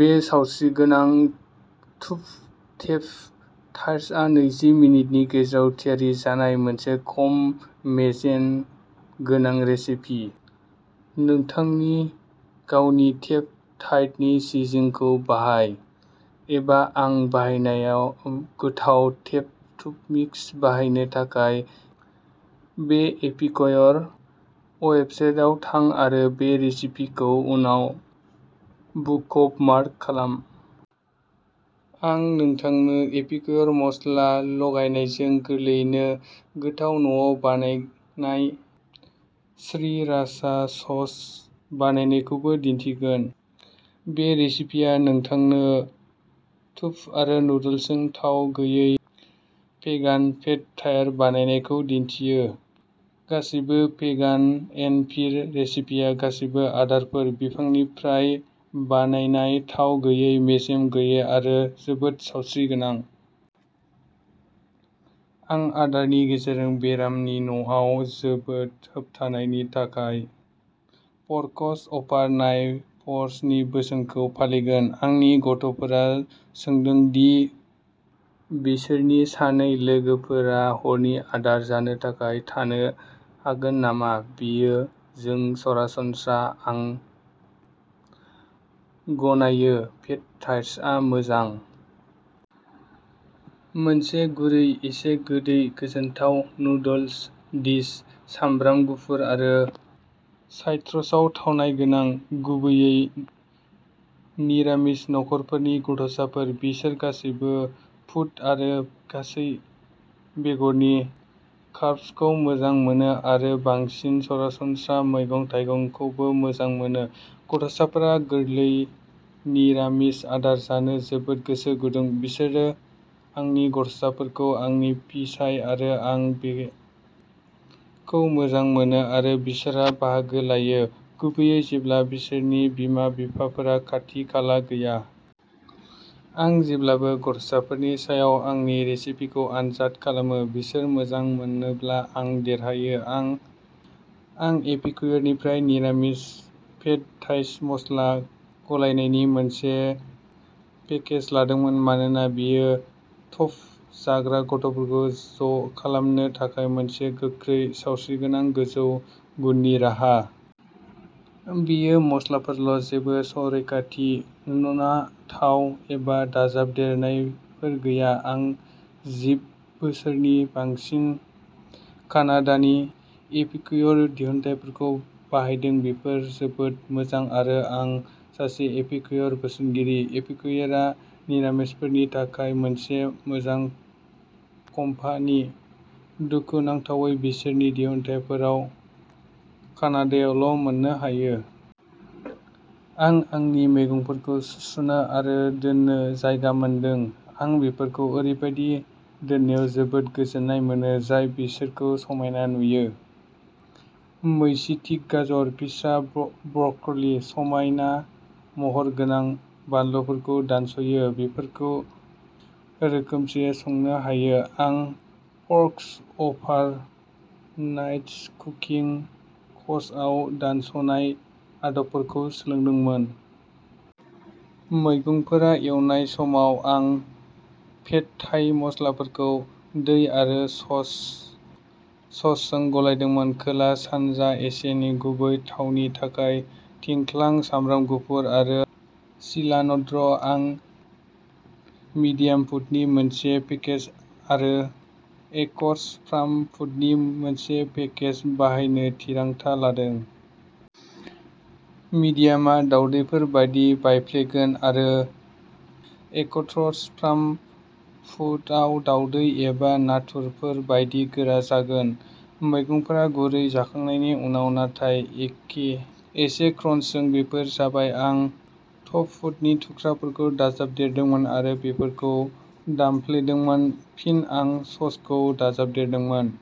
बे सावस्रिगोनां टुफ टेप थार्जआ नैजि मिनिटनि गेजेराव थियारि जानाय मोनसे खम मेजेन गोनां रेसिपि। नोंथांनि गावनि टेप थाईट सिज'निंखौ बाहाय, एबा आं बाहायनाय गोथाव टेट टुप मिक्स बायनो थाखाय बे एपिक्य'र वेबसाइटाव थां, आरो बे रेसिपिखौ उनाव बुक अप मार्क खालाम। आं नोंथांनो एपिक्य'र मस्ला लगायनायजों गोरलैयैनो गोथाव न'आव बानायनाय श्रीराचा सस बानायनायखौबो दिन्थिगोन। बे रेसिपिया नोंथांनो टफ आरो नुडल्सजों थाव गैयै भेगान पेड थायार बानायनायखौ दिन्थियो। गासैबो भेगानएनभि रेसिपिफोरा गासै आदारफोर, बिफांनिफ्राय बानायनाय, थाव गैयै, मेजेम गैयै आरो जोबोद सावस्रिगोनां। आं आदारनि गेजेरजों बेराम नि न'आव जोबोदहोबथानायनि थाखाय फ'र्कस अभार नाइभ्सनि बोसोनफोरखौ फालिगोन। आंनि गथ'फोरा सोंदोंमोन दि बिसोरनि सानै लोगोफोरा हरनि आदार जानो थाखाय थानो हागोन नामा? बेयो जों सरासनस्रा। आं गनायो, पेड थाइरसआ मोजां। मोनसे गुरै, एसे गोदै गोजोनथाव नुडल डिश। सामब्राम गुफुर आरो साइट्रास थावनाय गोनां। गुबैयै निरामिस नखरफोरनि गथ'साफोर। बिसोर गासैबो फुट आरो गासै बेगरनि कार्बसखौ मोजां मोनो, आरो बांसिन सरासनस्रा मैगं-थाइगंफोरखौबो मोजां मोनो। गथ'साफोरा गोरलै निरामिस आदार जानो जोबोद गोसो गुदुं, बिसोर आंनि गथ'साफोरखौ, आंनि फिसाय आरो आं बेखौ मोजां मोनो, आरो बिसोरा बाहागो लायो, गुबैयै जेब्ला बिसोरनि बिमा-बिफाफोरा खाथि-खाला गैया। आं जेब्लाबो गथ'साफोरनि सायाव आंनि रेसिपिफोरखौ आनजाद खालामो। बिसोर मोजां मोनोब्ला, आं देरहादों। आं एपिक्युरनिफ्राय निरामिस पेड थाइ मस्ला गलायनायनि मोनसे पेकेज लादोंमोन, मानोना बेयो टफ जाग्रा आदारखौ ज' खालामनो थाखाय मोनसे गोख्रै, सावस्रिगोनां, गोजौ गुननि राहा। बेयो मस्लाफोरल' जेबो संरैखाथि, ना, थाव एबा दाजाबदेरनायफोर गैया। आं जिब बोसोरनि बांसिन कानाडानि एपिक्युर दिहुनथायफोरखौ बाहायदों बेफोर जोबोद मोजां आरो आं सासे एपिक्युर बोसोनगिरि। एपिक्युरआ निरामिसफोरनि थाखाय मोनसे मोजां कम्पानि। दुखुनांथावै बिसोरनि दिहुनथायफोराव कानाडायावल' मोननो हायो। आं आंनि मैगंफोरखौ सुस्रनो आरो दोननो जागायदोंमोन, आं बेफोरखौ ओरैबायदि दाननायाव जोबोद गोजोन मोनो, जाय बिसोरखौ समायना नुयो। मैचिस्टिक गाजर, फिसा ब्रकलि, समायना महरै गोथां बानलुफोरखौ दानस'यो। बेफोरखौ रोखोमसे संनो होयो। आं फ'र्कस अभार नाइस्ट कुकिं क'र्सआव दानस'नाय आदबफोर सोलोंदोंमोन। मैगंफोरा एवनाय समाव, आं पेड थाई मस्लाफोरखौ दै आरो सस ससजों गलायदोंमोन। खोला-सानजा एसियानि गुबै थावनि थाखाय थिंख्लां, सामब्राम गुफुर आरो सिलान्ट्र'। आं मिडियाम फुटनि मोनसे पेकेज आरो एक्स्ट्रा फार्म फुटनि मोनसे पेकेज बाहायनो थिरांथा लादोंमोन। मिडियामआ दावदैफोर बायदि बायफ्लेगोन आरो एक्स्ट्र फार्म फुटआव दावदै एबा नाथुरफोर बायदि गोरा जागोन। मैगंफोरा गुरै जाखांनायनि उनाव, नाथाय एखे एसे क्रान्चजों, बेफोर जाबाय। आं फुटनि थुख्राफोरखौ दाजाबदेरदोंमोन आरो बेफोरखौ दामफ्लेदोंमोन। फिन आं ससखौ दाजाबदेरदोंमोन।